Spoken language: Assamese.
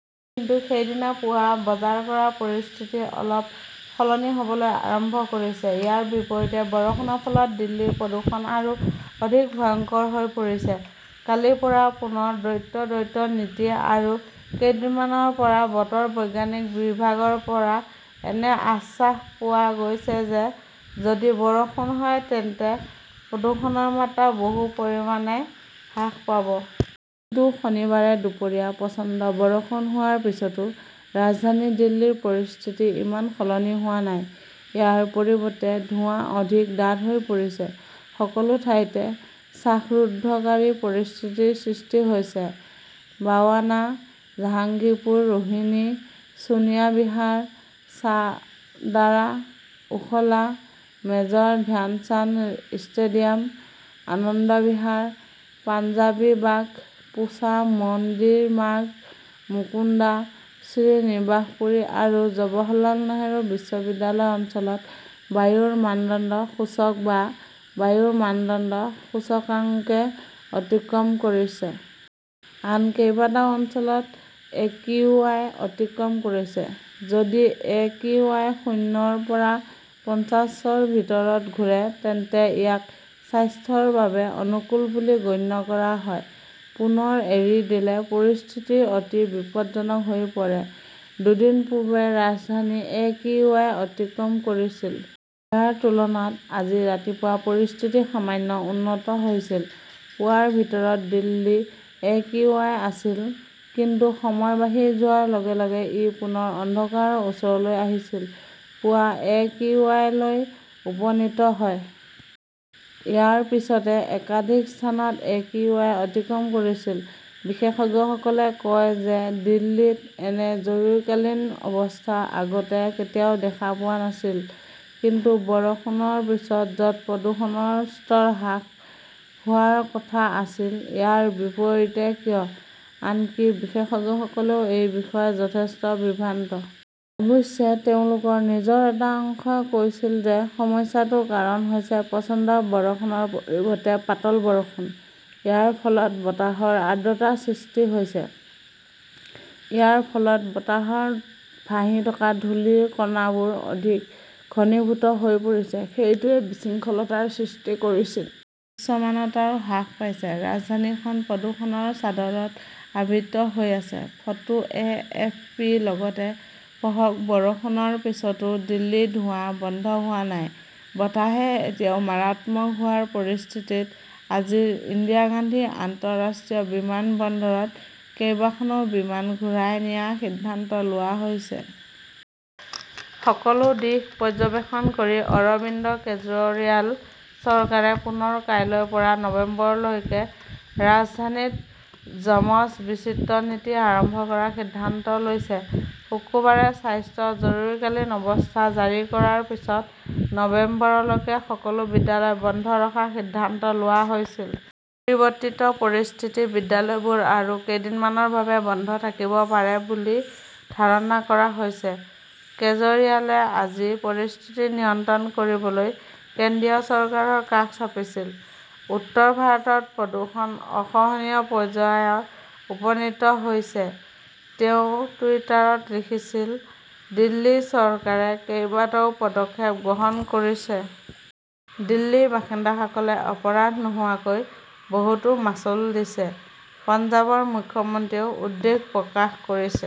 কিন্তু সেইদিনা পুৱা বজাৰ কৰা পৰিস্থিতি অলপ সলনি হ'বলৈ আৰম্ভ কৰিছে। ইয়াৰ বিপৰীতে বৰষুণৰ ফলত দিল্লীৰ প্ৰদূষণ আৰু অধিক ভয়ংকৰ হৈ পৰিছে, কালিৰ পৰা পুনৰ দ্বৈত-দ্বৈত নীতি যোৱা কেইদিনমানৰ পৰা বতৰ বিজ্ঞান বিভাগৰ পৰা এনে আশ্বাস পোৱা গৈছে যে যদি বৰষুণ হয় তেন্তে প্ৰদূষণৰ মাত্ৰা বহু পৰিমাণে হ্ৰাস পাব। কিন্তু শনিবাৰে দুপৰীয়া প্ৰচণ্ড বৰষুণ হোৱাৰ পিছতো ৰাজধানী দিল্লীৰ পৰিস্থিতি ইমান সলনি হোৱা নাই। ইয়াৰ পৰিৱৰ্তে ধোঁৱা অধিক ডাঠ হৈ পৰিছে। সকলো ঠাইতে শ্বাসৰুদ্ধকাৰী পৰিস্থিতিৰ সৃষ্টি হৈছে। বাৱানা, জাহাংগীৰপুৰ, ৰোহিনী, ছোনিয়া বিহাৰ, শ্বাহদাৰা, ওখলা, মেজৰ ধ্যানচান্দ ষ্টেডিয়াম, আনন্দ বিহাৰ, পাঞ্জাৱী বাগ, পুছা, মন্দিৰ মাৰ্গ, মুণ্ডকা, শ্ৰীনিবাসপুৰী আৰু জৱাহৰলাল নেহৰু বিশ্ববিদ্যালয় অঞ্চলত বায়ুৰ মানদণ্ড সূচক বা বায়ুৰ মানদণ্ড সূচকাংকে অতিক্ৰম কৰিছে। আন কেইবাটাও অঞ্চলত একিউআই অতিক্ৰম কৰিছে। যদি এ কিউ আই শূণ্যৰ পৰা পঞ্চাশৰ ভিতৰত ঘূৰে তেন্তে ইয়াক স্বাস্থ্যৰ বাবে অনুকূল বুলি গণ্য কৰা হয়। পুনৰ এৰি দিলে পৰিস্থিতি অতি বিপদজনক হৈ পৰে। দুদিন পূৰ্বে ৰাজধানীৰ এ কিউ আই অতিক্ৰম কৰিছিল। ইয়াৰ তুলনাত আজি ৰাতিপুৱা পৰিস্থিতি সামান্য উন্নত হৈছিল। পুৱাৰ ভিতৰত দিল্লীৰ এ কিউ আই আছিল। কিন্তু সময় বাঢ়ি যোৱাৰ লগে লগে ই পুনৰ অন্ধকাৰৰ ওচৰলৈ আহিছিল। পুৱা এ কিউ আই লৈ উপনীত হয়। ইয়াৰ পিছতে একাধিক স্থানত একিউআই অতিক্ৰম কৰিছিল। বিশেষজ্ঞসকলে কয় যে দিল্লীত এনে 'জৰুৰীকালীন অৱস্থা "আগতে কেতিয়াও দেখা পোৱা নাছিল। কিন্তু বৰষুণৰ পিছত, য'ত প্ৰদূষণৰ স্তৰ হ্ৰাস হোৱাৰ কথা আছিল, ইয়াৰ বিপৰীতে কিয়? আনকি বিশেষজ্ঞসকলেও এই বিষয়ে যথেষ্ট বিভ্ৰান্ত। অৱশ্যে, তেওঁলোকৰ নিজৰ এটা অংশই কৈছিল যে সমস্যাটোৰ কাৰণ হৈছে প্ৰচণ্ড বৰষুণৰ পৰিৱৰ্তে পাতল বৰষুণ। ইয়াৰ ফলত বতাহত আৰ্দ্ৰতাৰ সৃষ্টি হৈছে। ইয়াৰ ফলত বতাহৰ ভাহি থকা ধূলিৰ কণাবোৰ অধিক ঘনীভূত হৈ পৰিছে। সেইটোৱেই বিশৃংখলতাৰ সৃষ্টি কৰিছিল। দৃশ্যমানতাও হ্ৰাস পাইছে। ৰাজধানীখন প্ৰদূষণৰ চাদৰত আবৃত হৈ আছে। Photo A. এফ. পি. লগতে পঢ়ক বৰষুণৰ পিছতো দিল্লীত ধোঁৱা বন্ধ হোৱা নাই, বতাহে এতিয়াও মাৰাত্মক হোৱাৰ পৰিস্থিতিত আজি ইন্দিৰা গান্ধী আন্তঃৰাষ্ট্ৰীয় বিমানবন্দৰত কেইবাখনো বিমান ঘূৰাই নিয়াৰ সিদ্ধান্ত লোৱা হৈছে। সকলো দিশ পৰ্যবেক্ষণ কৰি অৰবিন্দ কেজৰিৱাল চৰকাৰে পুনৰ কাইলৈৰ পৰা নৱেম্বৰলৈকে ৰাজধানীত যমজ-বিচিত্ৰ নীতি আৰম্ভ কৰাৰ সিদ্ধান্ত লৈছে। শুকুৰবাৰে স্বাস্থ্য জৰুৰীকালীন অৱস্থা জাৰি কৰাৰ পিছত নৱেম্বৰলৈকে সকলো বিদ্যালয় বন্ধ ৰখাৰ সিদ্ধান্ত লোৱা হৈছিল। পৰিৱৰ্তিত পৰিস্থিতিত বিদ্যালয়বোৰ আৰু কেইদিনমানৰ বাবে বন্ধ থাকিব পাৰে বুলি ধাৰণা কৰা হৈছে। কেজৰিৱালে আজি পৰিস্থিতি নিয়ন্ত্ৰণ কৰিবলৈ কেন্দ্ৰীয় চৰকাৰৰ কাষ চাপিছিল। "উত্তৰ ভাৰতত প্ৰদূষণ অসহনীয় পৰ্যায়ত উপনীত হৈছে", তেওঁ টুইটাৰত লিখিছিল। দিল্লী চৰকাৰে কেইবাটাও পদক্ষেপ গ্ৰহণ কৰিছে। দিল্লীৰ বাসিন্দাসকলে অপৰাধ নোহোৱাকৈ বহুতো মাচুল দিছে। পঞ্জাৱৰ মুখ্যমন্ত্ৰীয়েও উদ্বেগ প্ৰকাশ কৰিছে।